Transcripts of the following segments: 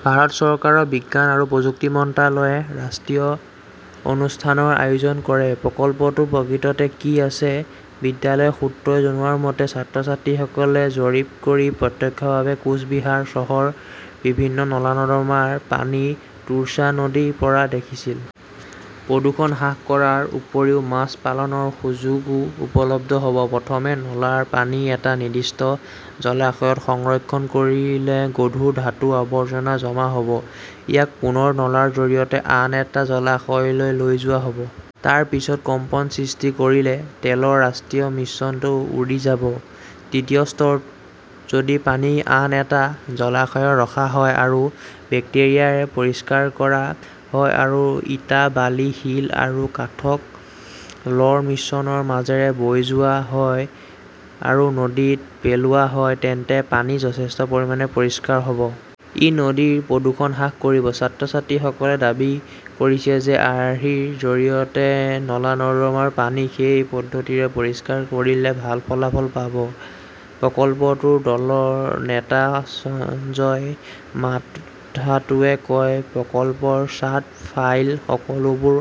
ভাৰত চৰকাৰ' বিজ্ঞান আৰু প্ৰযুক্তি মন্ত্ৰালয়ে ৰাষ্ট্ৰীয় অনুষ্ঠানৰ আয়োজন কৰে। প্ৰকল্পটো প্ৰকৃততে কি আছে? বিদ্যালয় সূত্ৰই জনোৱা মতে, ছাত্ৰ-ছাত্ৰীসকলে জৰীপ কৰি প্ৰত্যক্ষভাৱে কোচ বিহাৰ চহৰ বিভিন্ন নলা-নৰ্দমাৰ পানী তোৰছা নদী পৰা দেখিছিল। প্ৰদূষণ হ্ৰাস কৰাৰ উপৰিও মাছ পালনৰ সুযোগও উপলব্ধ হ ব। প্ৰথমে নলাৰ পানী এটা নিৰ্দিষ্ট জলাশয়ত সংৰক্ষণ কৰিলে গধুৰ ধাতু, আৱৰ্জনা জমা হব। ইয়াক পুনৰ নলাৰ জৰিয়তে আন এটা জলাশয়লৈ লৈ যোৱা হব। তাৰ পিছত কম্পন সৃষ্টি কৰিলে তেলৰ ৰাষ্ট্ৰীয় মিশ্ৰণটো উৰি যাব। তৃতীয় স্তৰত যদি পানী আন এটা জলাশয়ত ৰখা হয় আৰু বেক্টেৰিয়াৰে পৰিষ্কাৰ কৰা হয় আৰু ইটা, বালি, শিল আৰু কাঠক 'লৰ মিশ্ৰণৰ মাজেৰে বৈ যোৱা হয় আৰু নদীত পেলোৱা হয়, তেন্তে পানী যথেষ্ট পৰিমাণে পৰিষ্কাৰ হ' ব। ই নদীৰ প্ৰদূষণ হ্ৰাস কৰিব। ছাত্ৰ-ছাত্ৰীসকলে দাবী কৰিছে যে আৰ্হিৰ জৰিয়তে নলা-নৰ্দমাৰ পানী সেই পদ্ধতিৰে পৰিষ্কাৰ কৰিলে ভাল ফলাফল পাব। প্ৰকল্পটোৰ দলৰ নেতা সঞ্জয় মাহাতোৱে কয়, প্ৰকল্প চাৰ্ট, ফাইল সকলোবোৰ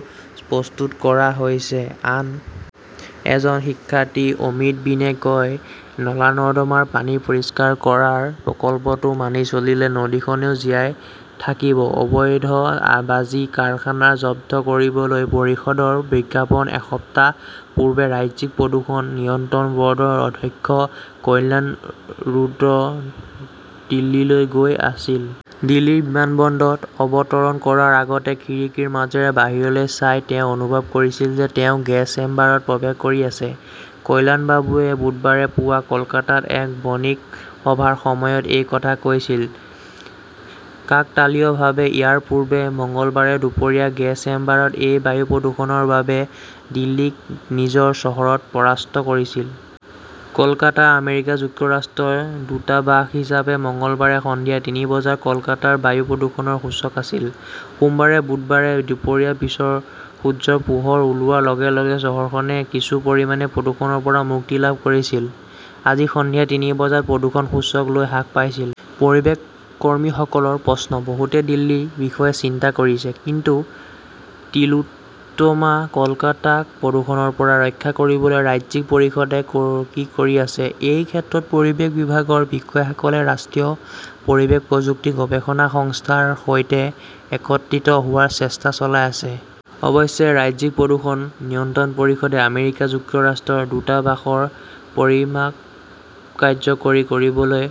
প্ৰস্তুত কৰা হৈছে। আন এজন শিক্ষাৰ্থী অমিত বিনে কয়, নলা-নৰ্দমাৰ পানী পৰিষ্কাৰ কৰা প্ৰকল্পটো মানি চলিলে নদীখনেও জীয়াই থাকিব। অবৈধ বাজি কাৰখানা জব্দ কৰিবলৈ পৰিষদৰ বিজ্ঞাপন এসপ্তাহ পূৰ্বে ৰাজ্যিক প্ৰদূষণ নিয়ন্ত্ৰণ বৰ্ডৰ অধ্যক্ষ কল্যাণ ৰুদ্ৰ দিল্লীলৈ গৈ আছিল। দিল্লী বিমানবন্দৰত অৱতৰণ কৰাৰ আগতে খিৰিকীৰ মাজেৰে বাহিৰলৈ চাই তেওঁ অনুভৱ কৰিছিল যে তেওঁ গেছ চেম্বাৰত প্ৰৱেশ কৰি আছে। কল্যাণবাবুৱে বুধবাৰে পুৱা কলকাতাত এক বণিক সভাৰ সময়ত এই কথা কৈছিল। কাকতালীয়ভাৱে, ইয়াৰ পূৰ্বে মঙলবাৰে দুপৰীয়া 'গেছ চেম্বাৰ -এ বায়ু প্ৰদূষণৰ বাবে দিল্লীক নিজৰ চহৰত পৰাস্ত কৰিছিল! কলকাতাৰ আমেৰিকা যুক্তৰাষ্ট্ৰৰ দূতাবাস হিচাপে মঙলবাৰে সন্ধিয়া তিনি বজাৰ কলকাতাৰ বায়ু প্ৰদূষণৰ সূচক আছিল। সোমবাৰে, বুধবাৰে দুপৰীয়াৰ পিছত সূৰ্যৰ পোহৰ ওলোৱাৰ লগে-লগে চহৰখনে কিছু পৰিমাণে প্ৰদূষণৰ পৰা মুক্তি লাভ কৰিছিল। আজি সন্ধিয়া তিনি বজাত প্ৰদূষণ সূচক লৈ হ্ৰাস পাইছিল। পৰিৱেশ কৰ্মীসকলৰ প্ৰশ্ন, বহুতে দিল্লীৰ বিষয়ে চিন্তা কৰিছে। কিন্তু টিলোত্তমা কলকাতাক প্ৰদূষণৰ পৰা ৰক্ষা কৰিবলৈ ৰাজ্যিক পৰিষদে কি কৰি আছে? এই ক্ষেত্ৰত পৰিৱেশ বিভাগৰ বিষয়াসকলে ৰাষ্ট্ৰীয় পৰিৱেশ প্ৰযুক্তি গৱেষণা সংস্থা ৰ সৈতে একত্ৰিত হোৱাৰ চেষ্টা চলাই আছে। অৱশ্যে, ৰাজ্যিক প্ৰদূষণ নিয়ন্ত্ৰণ পৰিষদে আমেৰিকা যুক্তৰাষ্ট্ৰৰ দূতাবাসৰ পৰিমাক কাৰ্যকৰী কৰিবলৈ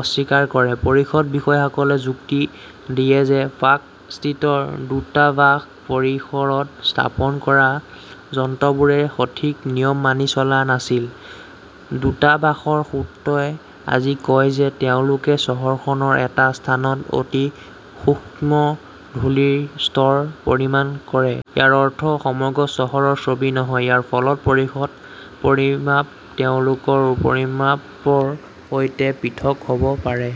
অস্বীকাৰ কৰে। পৰিষদৰ বিষয়াসকলে যুক্তি দিয়ে যে পাৰ্ক ষ্ট্ৰীটৰ দূতাবাস পৰিসৰত স্থাপন কৰা যন্ত্ৰবোৰে সঠিক নিয়ম মানি চলা নাছিল। দূতাবাসৰ সূত্ৰই আজি কয় যে তেওঁলোকে চহৰখনৰ এটা স্থানত অতি সূক্ষ্ম ধূলিৰ স্তৰ পৰিমান কৰে। ইয়াৰ অৰ্থ সমগ্ৰ চহৰৰ ছবি নহয়। ইয়াৰ ফলত পৰিষদ পৰিমাপ তেওঁলোকৰ পৰিমাপৰ সৈতে পৃথক হ'ব পাৰে।